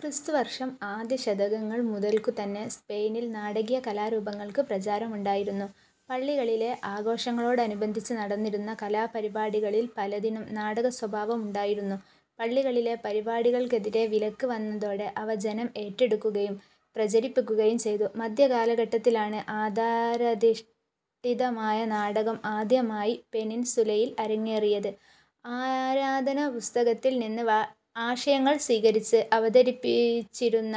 ക്രിസ്തുവർഷം ആദ്യശതകങ്ങൾ മുതൽക്കുതന്നെ സ്പെയിനിൽ നാടകീയ കലാരൂപങ്ങൾക്ക് പ്രചാരമുണ്ടായിരുന്നു. പള്ളികളിലെ ആഘോഷങ്ങളോടനുബന്ധിച്ച് നടന്നിരുന്ന കലാപരിപാടികളിൽ പലതിനും നാടകസ്വഭാവമുണ്ടായിരുന്നു. പള്ളികളിലെ പരിപാടികൾക്കെതിരെ വിലക്ക് വന്നതോടെ, അവ ജനം ഏറ്റെടുക്കുകയും പ്രചരിപ്പിക്കുകയും ചെയ്തു. മധ്യകാലഘട്ടത്തിലാണ് ആധാരധിഷ്ഠിതമായ നാടകം ആദ്യമായി പെനിൻസുലയിൽ അരങ്ങേറിയത്. ആരാധനാപുസ്തകത്തിൽനിന്ന് ആശയങ്ങൾ സ്വീകരിച്ച് അവതരിപ്പിച്ചിരുന്ന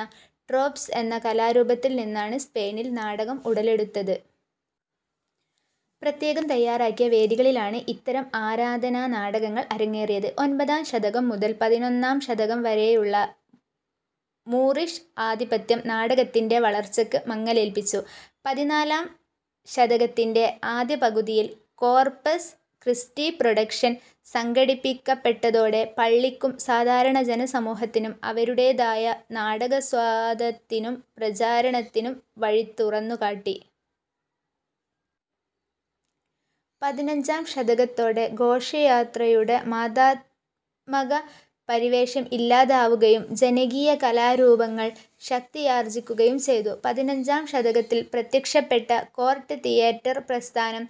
ട്രോപ്സ് എന്ന കലാരൂപത്തിൽനിന്നാണ് സ്പെയിനിൽ നാടകം ഉടലെടുത്തത്. പ്രത്യേകം തയ്യാറാക്കിയ വേദികളിലാണ് ഇത്തരം ആരാധനാ നാടകങ്ങൾ അരങ്ങേറിയത്. ഒൻപതാം ശതകം മുതൽ പതിനൊന്നാം ശതകം വരെയുള്ള മൂറിഷ് ആധിപത്യം നാടകത്തിൻ്റെ വളർച്ചക്ക് മങ്ങലേൽപ്പിച്ചു. പതിനാലാം ശതകത്തിൻ്റെ ആദ്യപകുതിയിൽ കോർപ്പസ് ക്രിസ്റ്റി പ്രൊഡക്ഷൻ സംഘടിപ്പിക്കപ്പെട്ടതോടെ, പള്ളിക്കും സാധാരണ ജനസമൂഹത്തിനും അവരുടേതായ നാടകസ്വാദത്തിനും പ്രചരണത്തിനും വഴി തുറന്നുകാട്ടി. പതിനഞ്ചാം ശതകത്തോടെ, ഘോഷയാത്രയുടെ മതാത്മക പരിവേഷം ഇല്ലാതാവുകയും ജനകീയകലാരൂപങ്ങൾ ശക്തിയാർജിക്കുകയും ചെയ്തു. പതിനഞ്ചാം ശതകത്തിൽ പ്രത്യക്ഷപ്പെട്ട കോർട്ട് തിയേറ്റർ പ്രസ്ഥാനം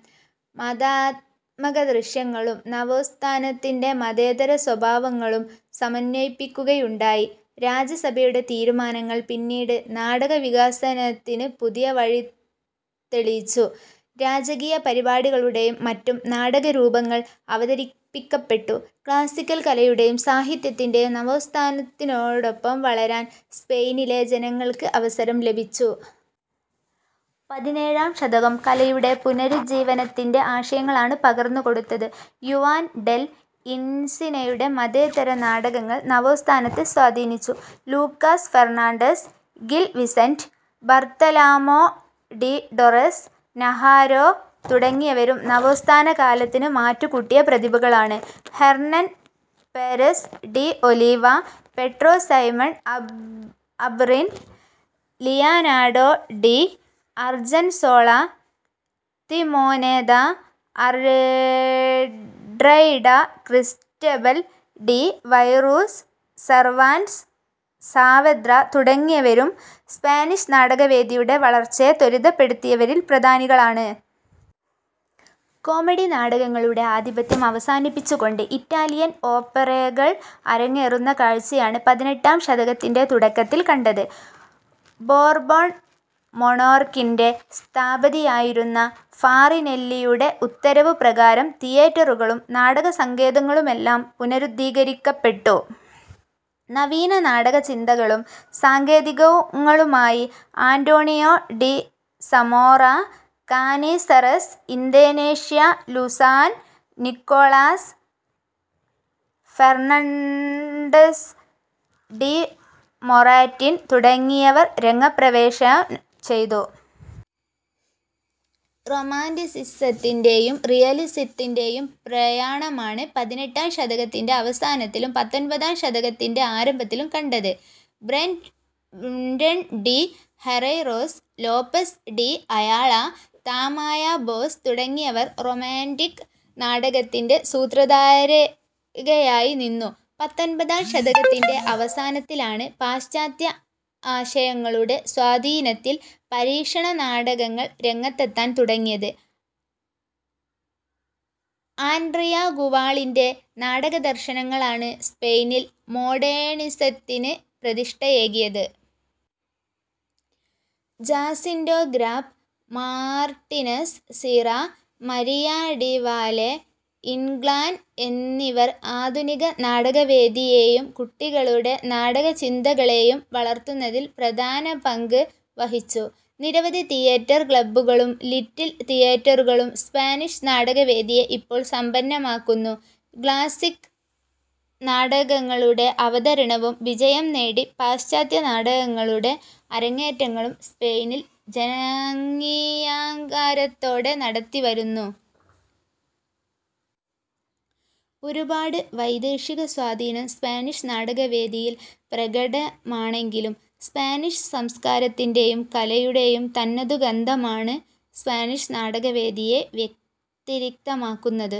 മതാത്മകദൃശ്യങ്ങളും നവോത്ഥാനത്തിൻ്റെ മതേതര സ്വഭാവങ്ങളും സമന്വയിപ്പിക്കുകയുണ്ടായി. രാജസഭയുടെ തീരുമാനങ്ങൾ, പിന്നീട് നാടകവികാസത്തിന് പുതിയ വഴി തെളിയിച്ചു. രാജകീയ പരിപാടികളിലും മറ്റും നാടകരൂപങ്ങൾ അവതരിപ്പിക്കപ്പെട്ടു. ക്ലാസ്സിക്കൽ കലയുടെയും സാഹിത്യത്തിൻ്റെയും നവോത്ഥാനത്തിനൊപ്പം വളരാൻ സ്പെയിനിലെ ജനങ്ങൾക്ക് അവസരം ലഭിച്ചു. പതിനേഴാം ശതകം, കലയുടെ പുനരുജ്ജീവനത്തിൻ്റെ ആശയങ്ങളാണ് പകർന്നു കൊടുത്തത്. യുവാൻ ഡെൽ ഇൻസിനയുടെ മതേതര നാടകങ്ങൾ നവോത്ഥാനത്തെ സ്വാധീനിച്ചു. Lucas Fernandez, Gil Vicente, Bartolome de Torres Naharro തുടങ്ങിയവരും നവോത്ഥാനകാലത്തിന് മാറ്റു കൂട്ടിയ പ്രതിഭകളാണ്. Hernan Perez de Oliva, Pedro Simon അബ് Abril, Leonardo de Argensola, Timoneda, Artieda, Cristobal de Virues, Cervantes Saavedra തുടങ്ങിയവരും സ്പാനിഷ് നാടകവേദിയുടെ വളർച്ചയെ ത്വരിതപ്പെടുത്തിയവരിൽ പ്രധാനികളാണ്. കോമഡി നാടകങ്ങളുടെ ആധിപത്യം അവസാനിപ്പിച്ചുകൊണ്ട് ഇറ്റാലിയൻ ഓപ്പറെകൾ അരങ്ങേറുന്ന കാഴ്ചയാണ് പതിനെട്ടാം ശതകത്തിൻ്റെ തുടക്കത്തിൽ കണ്ടത്. ബോർബോൺ മൊണാർക്കിൻ്റെ സ്ഥാപതിയായിരുന്ന ഫാറിനെല്ലിയുടെ ഉത്തരവുപ്രകാരം തിയേറ്ററുകളും നാടകസങ്കേതികങ്ങളുമായി പുനരുദ്ധീരിക്കപ്പെട്ടു. നവീന നാടകചിന്തകളും സങ്കേതികങ്ങളുമായി Antonio de Zamora, Canizares, Ignacio Luzan, Nicolas Fernandez de Moratin തുടങ്ങിയവർ രംഗപ്രവേശം ചെയ്തു. റൊമാന്റിസിസത്തിൻ്റെയും റിയലിസത്തിൻ്റെയും പ്രയാണമാണ് പതിനെട്ടാം ശതകത്തിൻ്റെ അവസാനത്തിലും പത്തൊൻപതാം ശതകത്തിൻ്റെ ആരംഭത്തിലും കണ്ടത്. Breton de Herreros, Lopez de Ayala, Tamayo Baus തുടങ്ങിയവർ റൊമാന്റിക് നാടകത്തിൻ്റെ സൂത്രധാരകയായിനിന്നു. പത്തൊൻപതാം ശതകത്തിൻ്റെ അവസാനത്തിലാണ്, പാശ്ചാത്യാ ആശയങ്ങളുടെ സ്വാധീനത്തിൽ പരീക്ഷണനാടകങ്ങൾ രംഗത്തെത്താൻ തുടങ്ങിയത്. ആൻട്രിയാ ഗുവാളിൻ്റെ നാടകദർശനങ്ങളാണ് സ്പെയിനിൽ മോഡേണിസത്തിന് പ്രതിഷ്ഠയേകിയത്. Jacinto Grau, Martinez Sierra, Maria de Valle Inclan എന്നിവർ ആധുനിക നാടകവേദിയെയും കുട്ടികളുടെ നാടകചിന്തകളെയും വളർത്തുന്നതിൽ പ്രധാന പങ്ക് വഹിച്ചു. നിരവധി തിയേറ്റർ ക്ലബ്ബുകളും ലിറ്റിൽ തിയേറ്ററുകളും സ്പാനിഷ് നാടകവേദിയെ ഇപ്പോൾ സമ്പന്നമാക്കുന്നു. ക്ലാസ്സിക് നാടകങ്ങളുടെ അവതരണവും വിജയം നേടി പാശ്ചാത്യ നാടകങ്ങളുടെ അരങ്ങേറ്റങ്ങളും സ്പെയിനിൽ ജനങ്ങീയാംഗീകാരത്തോടെ നടത്തിവരുന്നു. ഒരുപാട് വൈദേശിക സ്വാധീനം സ്പാനിഷ് നാടകവേദിയിൽ പ്രകടമാണെങ്കിലും, സ്പാനിഷ് സംസ്കാരത്തിൻ്റെയും കലയുടെയും തനതു ഗന്ധമാണ് സ്പാനിഷ് നാടകവേദിയെ വ്യതിരിക്തമാക്കുന്നത്.